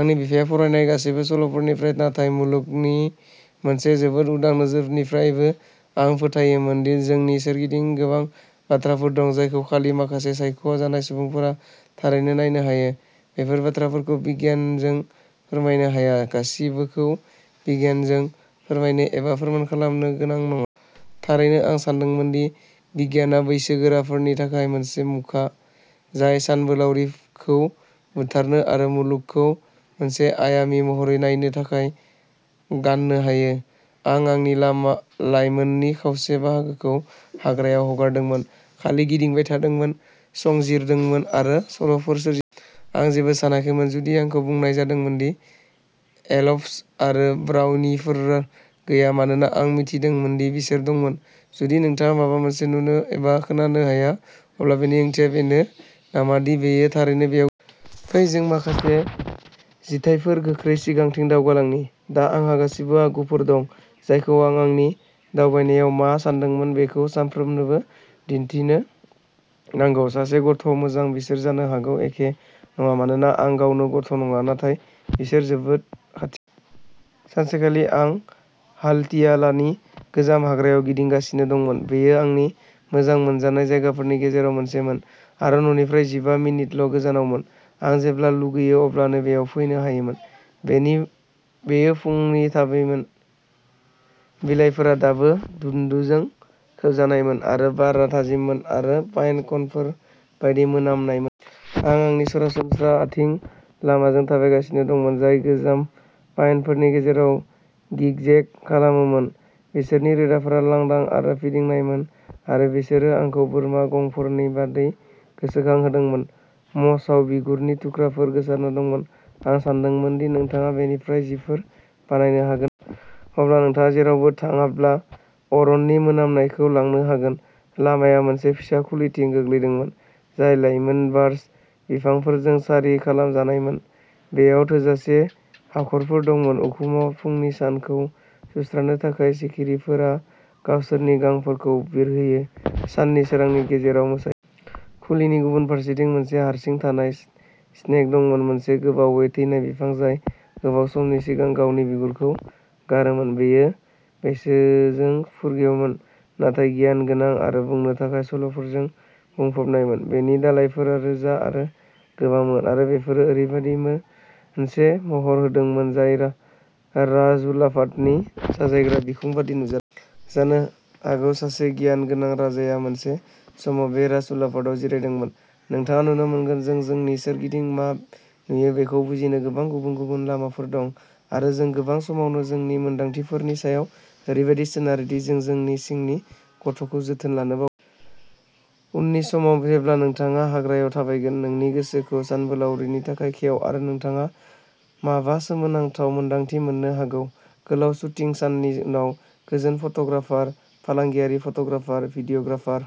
आंनि बिफाया फरायनाय गासैबो सल'फोरनिफ्राय, नाथाय मुलुगनि मोनसे जोबोद उदां नोजोरनिफ्रायबो। आं फोथायोमोनदि जोंनि सोरगिदिं गोबां बाथ्राफोर दं जायखौ खालि माखासे सायख' जानाय सुबुंफोरा थारैनो नायनो हायो। बेफोर बाथ्राफोरखौ बिगियानजों फोरमायनो हाया। गासिबोखौ बिगियानजों फोरमायनो एबा फोरमान खालामनो गोनां नङा। थारैनो, आं सानदोंमोन दि बिगियानआ बैसोगोराफोरनि थाखाय मोनसे मुखा, जाय सानबोलावरिखौ बुथारनो आरो मुलुगखौ मोनसे आयामी महरै नायनो थाखाय गाननो हायो। आं आंनि लामा लायमोननि खावसे बाहागोखौ हाग्रायाव हगारदोंमोन, खालि गिदिंबाय थादोंमोन, संजिरदोंमोन आरो सल'फोर सोरजि। आं जेबो सानाखैमोन जुदि आंखौ बुंनाय जादोंमोन दि एल्ब्स आरो ब्राउनिफोर गैया, मानोना आं मिथिदोंमोन दि बिसोर दंमोन। जुदि नोंथाङा माबा मोनसे नुनो एबा खोनानो हाया, अब्ला बेनि ओंथिया बेनो नामा दि बेयो थारैनो बेयाव फै जों माखासे जिथायफोर गोख्रै सिगांथिं दावगालांनि। दा आंहा गासिबो आगुफोर दं जायखौ आं आंनि दावबायनायाव मा सानदोंमोन बेखौ साफ्रोमनोबो दिन्थिनो नांगौ। सासे गथ'। मोजां, बिसोर जानो हागौ एखे नङा मानोना आं गावनो गथ' नङा, नाथाय बिसोर जोबोद खाथि। सानसेखालि आं हाल्टियालानि गोजाम हाग्रायाव गिदिंगासिनो दंमोन। बेयो आंनि मोजां मोनजानाय जायगाफोरनि गेजेराव मोनसेमोन आरो न'निफ्राय जिबा मिनिटल' गोजानावमोन। आं जेब्ला लुगैयो अब्लानो बेयाव फैनो हायोमोन। बेनि बेयो फुंनि थाबैमोन। बिलाइफोरा दाबो दुन्दुजों खोबजानायमोन आरो बारआ थाजिममोन आरो पाइन कनफोर बायदि मोनामनायमोन। आं आंनि सरासनस्रा आथिं लामाजों थाबायगासिनो दंमोन, जाय गोजाम पाइनफोरनि गेजेराव गिगजेग खालामोमोन। बिसोरनि रोदाफोरा लांदां आरो फिदिंनायमोन आरो बिसोरो आंखौ बोरमा गंफोरनि बादै गोसोखांहोदोंमोन। मसआव बिगुरनि थुख्राफोर गोसारना दंमोन। आं सानदोंमोन दि नोंथाङा बेनिफ्राय जिफोर बानायनो हागोन। अब्ला नोंथाङा जेरावबो थांब्ला अरननि मोनामनायखौ लांनो हागोन। लामाया मोनसे फिसा खुलिथिं गोग्लैदोंमोन, जाय लायमोन बार्च बिफांफोरजों सारि खालामजानायमोन। बेयाव थोजासे हाखरफोर दंमोन। उखुमआव फुंनि सानखौ सुस्रानो थाखाय। सिखिरिफोरा गावसोरनि गांफोरखौ बिरहोयो, साननि सोरांनि गेजेराव मोसायो। खुलिनि गुबुन फारसेथिं मोनसे हारसिं थानाय स्नेग दंमोन, मोनसे गोबावै थैनाय बिफां जाय गोबाव समनि सिगां गावनि बिगुरखौ गारोमोन। बेयो बैसोजों फुरगेवमोन, नाथाय गियानगोनां आरो बुंनो थाखाय सल'फोरजों बुंफबनायमोन। बेनि दालाइफोरा रोजा आरो गोबांमोन आरो बेफोरो ओरैबायदि मोनसे महर होदोंमोन जाय राजउलाफादनि साजायग्रा बिखुं बायदि नुजादोंमोन। जानो हागौ सासे गियानगोनां राजाया मोनसे समाव बे राजउलाफादाव जिरायदोंमोन। नोंथाङा नुनो मोनगोन, जों जोंनि सोरगिदिं मा नुयो बेखौ बुजिनो गोबां गुबुन-गुबुन लामाफोर दं आरो जों गोबां समावनो जोंनि मोनदांथिफोरनि सायाव ओरैबादि सोनारो दि जों जोंनि सिंनि गथ'खौ जोथोन लानो बाव। उननि समाव जेब्ला नोंथाङा हाग्रायाव थाबायगोन, नोंनि गोसोखौ सानबोलावरिनि थाखाय खेव आरो नोंथाङा माबा सोमोनांथाव मोन्दांथि मोननो हागौ। गोलाव शुटिं साननि उनाव गोजोन फट'ग्राफार। फालांगियारि फट'ग्राफार, भिडिय'ग्राफार,